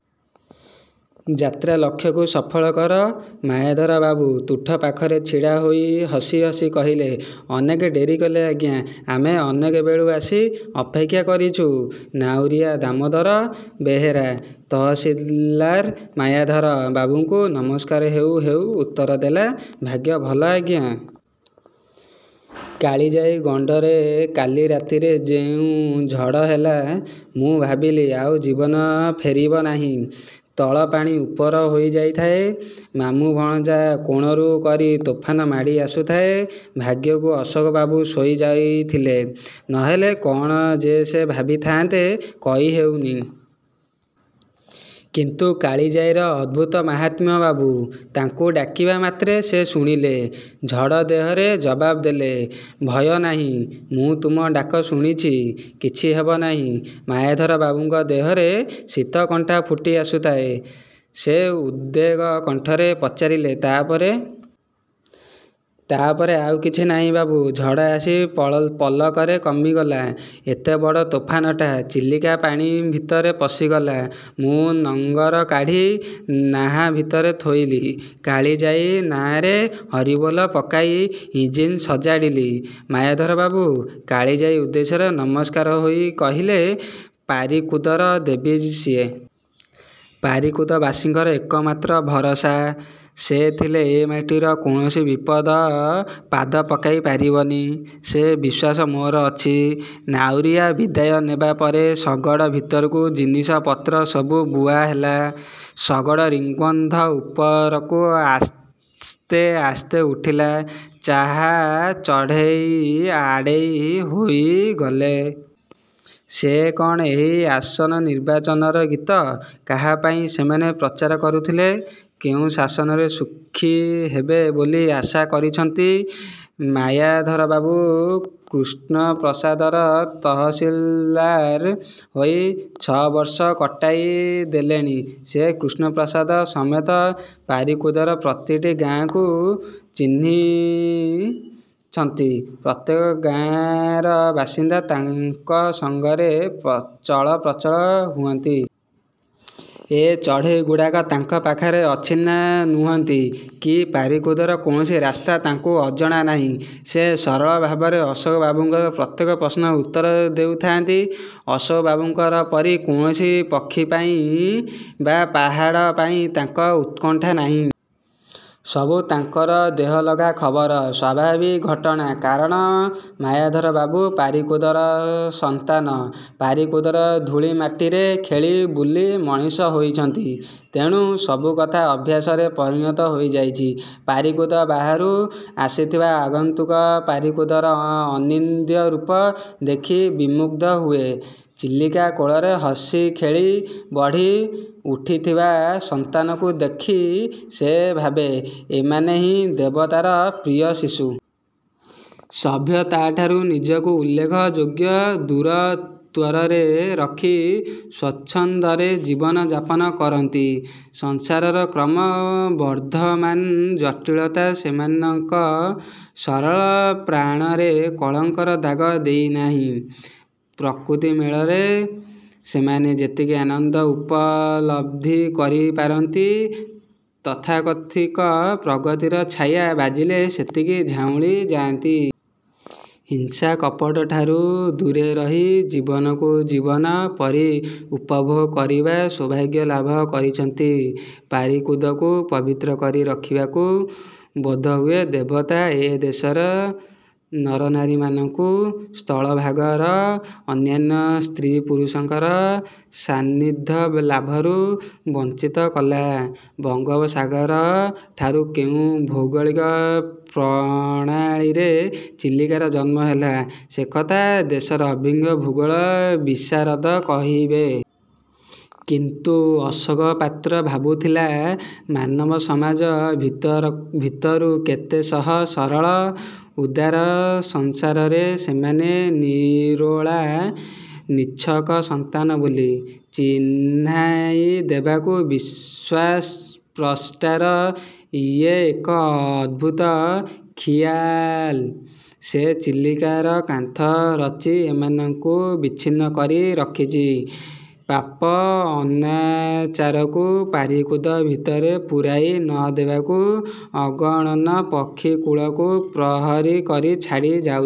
ଯାତ୍ରାଲକ୍ଷ୍ୟକୁ ସଫଳ କର। ' ମାୟାଧରବାବୁ ତୁଠ ପାଖରେ ଛିଡ଼ାହୋଇ ହସି ହସି କହିଲେ, ଅନେକ ଡେରିକଲେ ଆଜ୍ଞା! ଆମେ ଅନେକବେଳୁ ଆସି ଅପେକ୍ଷା କରିଛୁଁ। ନାଉରୀଆ ଦାମୋଦର ବେହେରା ତହସିଲ୍ଦାର ମାୟାଧର ବାବୁଙ୍କୁ ନମସ୍କାର ହେଉ ହେଉ ଉତ୍ତର ଦେଲା, ଭାଗ୍ୟ ଭଲ ଆଜ୍ଞା! କାଳିଜାଈ ଗଣ୍ଡରେ କାଲି ରାତିରେ ଯେଉଁ ଝଡ଼ ହେଲା, ମୁଁ ଭାବିଲି ଆଉ ଜୀବନ ଫେରିବ ନାହିଁ। ତଳ ପାଣି ଉପର ହୋଇଯାଉଥାଏ। ମାମୁଁ ଭଣଜା କୋଣରୁ କରି ତୋଫାନ ମାଡ଼ି ଆସୁଥାଏ। ଭାଗ୍ୟକୁ ଅଶୋକ ବାବୁ ଶୋଇ ଯାଇଥିଲେ। ନହେଲେ କଣ ଯେ ସେ ଭାବିଥାନ୍ତେ, କହି ହେଉନି। କିନ୍ତୁ କାଳିଜାଈର ଅଦ୍ଭୁତ ମାହାତ୍ମ୍ୟ ବାବୁ! ତାଙ୍କୁ ଡାକିବା ମାତ୍ରେ ସେ ଶୁଣିଲେ। ଝଡ଼ ଦେହରେ ଜବାବ ଦେଲେ, ଭୟନାହିଁ। ମୁଁ ତୁମ ଡାକ ଶୁଣିଛି। କିଛି ହେବ ନାହିଁ। ମାୟାଧର ବାବୁଙ୍କ ଦେହରେ ଶୀତକଣ୍ଟା ଫୁଟି ଆସୁଥାଏ। ସେ ଉଦ୍ବେଗ କଣ୍ଠରେ ପଚାରିଲେ, ତା ପରେ? ତା ପରେ ଆଉ କିଛି ନାହିଁ ବାବୁ, ଝଡ଼ ଆସି ପଲକରେ କମିଗଲା। ଏତେବଡ଼ ତୋଫାନଟା ଚିଲିକା ପାଣି ଭିତରେ ପଶିଗଲା। ମୁଁ ନଙ୍ଗର କାଢ଼ି ନାହା ଭିତରେ ଥୋଇଲି। କାଳିଯାଈ ନାଆଁ ରେ 'ହରିବୋଲ' ପକାଇ ଇଂଜିନ୍ ସଜାଡ଼ିଲି। ମାୟାଧର ବାବୁ କାଳିଜାଈ ଉଦ୍ଦେଶ୍ୟରେ ନମସ୍କାର ହୋଇ କହିଲେ, ପାରିକୁଦର ଦେବୀ ସିଏ! ପାରିକୁଦବାସୀଙ୍କର ଏକମାତ୍ର ଭରସା। ସେ ଥିଲେ ଏ ମାଟିରେ କୌଣସି ବିପଦ ପାଦ ପକାଇ ପାରିବନି। ସେ ବିଶ୍ୱାସ ମୋର ଅଛି। ନାଉରୀଆ ବିଦାୟ ନେବା ପରେ ଶଗଡ଼ ଭିତରକୁ ଜିନିଷ ପତ୍ର ସବୁ ବୁହାହେଲା। ଶଗଡ଼ ରିଙ୍ଗ୍ବନ୍ଧ ଉପରକୁ ଆସ୍ତେ ଆସ୍ତେ ଉଠିଲା। ଚାହା ଚଢ଼େଇ ଆଡ଼େଇ ହୋଇଗଲେ। ସେ କଣ ଏହି ଆସନ୍ନ ନିର୍ବାଚନର ଗୀତ? କାହାପାଇଁ ସେମାନେ ପ୍ରଚାର କରୁଥିଲେ।? କେଉଁ ଶାସନରେ ସୁଖୀ ହେବେ ବୋଲି ଆଶା କରିଛନ୍ତି? ମାୟାଧରବାବୁ କୃଷ୍ଣପ୍ରସାଦର ତହସିଲ୍ଦାର ହୋଇ ଛଅବର୍ଷ କଟାଇ ଦେଲେଣି। ସେ କୃଷ୍ଣପ୍ରସାଦ ସମେତ ପାରିକୁଦର ପ୍ରତିଟି ଗାଆଁକୁ ଚିହ୍ନିଛନ୍ତି। ପ୍ରତ୍ୟେକ ଗାଆଁର ବାସିନ୍ଦା ତାଙ୍କ ସଙ୍ଗେର ଚଳପ୍ରଚଳ ହୁଅନ୍ତି। ଏ ଚଢ଼େଇ ଗୁଡ଼ାକ ତାଙ୍କ ପାଖରେ ଅଚିହ୍ନା ନୁହନ୍ତି କି ପାରିକୁଦର କୌଣସି ରାସ୍ତା ତାଙ୍କୁ ଅଜଣା ନାହିଁ। ସେ ସରଳ ଭାବରେ ଅଶୋକ ବାବୁଙ୍କର ପ୍ରତ୍ୟେକ ପ୍ରଶ୍ନର ଉତ୍ତର ଦେଉଥାନ୍ତି। ଅଶୋକବାବୁଙ୍କ ପରି କୌଣସି ପକ୍ଷୀପାଇଁ ବା ପାହାଡ଼ ପାଇଁ ତାଙ୍କର ଉତ୍କଣ୍ଠା ନାହିଁ। ସବୁ ତାଙ୍କର ଦେହଲଗା ଖବର, ସ୍ୱାଭାବିକ ଘଟଣା। କାରଣ ମାୟାଧର ବାବୁ ପାରିକୁଦର ସନ୍ତାନ। ପାରିକୁଦର ଧୂଳିମାଟିରେ ଖେଳି, ବୁଲି ମଣିଷ ହୋଇଛନ୍ତି। ତେଣୁ ସବୁକଥା ଅଭ୍ୟାସରେ ପରିଣତ ହୋଇଯାଇଛି। ପାରିକୁଦ ବାହାରୁ ଆସିଥିବା ଆଗନ୍ତୁକ ପାରିକୁଦର ଅନିନ୍ଦ୍ୟ ରୂପ ଦେଖି ବିମୁଗ୍ଧ ହୁଏ-। ଚିଲିକା କୋଳରେ ହସିଖେଳି ବଢ଼ି-ଉଠିଥିବା ସନ୍ତାନକୁ ଦେଖି ସେ ଭାବେ, ଏମାନେହିଁ ଦେବତାର ପ୍ରିୟଶିଶୁ। ସଭ୍ୟତାଠାରୁ ନିଜକୁ ଉଲ୍ଲେଖ ଯୋଗ୍ୟ ଦୂରତ୍ୱରେ ରଖି ସ୍ୱଚ୍ଛନ୍ଦରେ ଜୀବନ ଯାପନ କରନ୍ତି। ସଂସାରର କ୍ରମ-ବର୍ଦ୍ଧମାନ ଜଟିଳତା ସେମାନଙ୍କ ସରଳ ପ୍ରାଣରେ କଳଙ୍କର ଦାଗ ଦେଇନାହିଁ। ପ୍ରକୃତି ମେଳରେ ସେମାନେ ଯେତିକି ଆନନ୍ଦ ଉପଲବ୍ଧି କରିପାରନ୍ତି ତଥାକଥିକ ପ୍ରଗତିର ଛାଇ ବାଜିଲେ ସେତିକି ଝାଉଁଳି ଯାଆନ୍ତି। ହିଂସାକପଟଠାରୁ ଦୂରେ ରହି ଜୀବନକୁ ଜୀବନ ପରି ଉପଭୋଗ କରିବାର ସୌଭାଗ୍ୟ ଲାଭ କରିଛନ୍ତି। ପାରିକୁଦକୁ ପବିତ୍ର କରି ରଖିବାକୁ ବୋଧହୁଏ ଦେବତା ଏ ଦେଶର ନରନାରୀମାନଙ୍କୁ ସ୍ଥଳଭାଗର ଅନ୍ୟାନ୍ୟ ସ୍ତ୍ରୀପୁରୁଷଙ୍କ ସାନ୍ନିଧ୍ୟ ଲାଭରୁ ବଞ୍ଚିତ କଲା। ବଙ୍ଗୋପସାଗର ଠାରୁ କେଉଁ ଭୌଗଳିକ ପ୍ରଣାଳୀରେ ଚିଲିକାର ଜନ୍ମ ହେଲା, ସେକଥା ଦେଶର ଅଭିଜ୍ଞ ଭୂଗୋଳ-ବିଶାରଦ କହିବେ। କିନ୍ତୁ ଅଶୋକ ପାତ୍ର ଭାବୁଥିଲା, ମାନବ ସମାଜ ଭିତରୁ କେତେଶହ ସରଳ; ଉଦାର ସଂସାରରେ ସେମାନେ ନିରୋଳା, ନିଛକ ସନ୍ତାନ ବୋଲି ଚିହ୍ନାଇ ଦେବାକୁ ବିଶ୍ୱାସ୍ରଷ୍ଟାର ଇଏ ଏକ ଅଦ୍ଭୁତ ଖିଆଲ। ସେ ଚିଲିକାର କାନ୍ଥ ରଚି ଏମାନଙ୍କୁ ବିଚ୍ଛିନ୍ନ କରି ରଖିଛି। ପାପ; ଅନାଚାରକୁ ପାରିକୁଦ ଭିତରେ ପୂରାଇ ନ ଦେବାକୁ ଅଗଣନ ପକ୍ଷୀକୁଳକୁ ପ୍ରହରୀ କରି ଛାଡ଼ି ଯାଇଛି।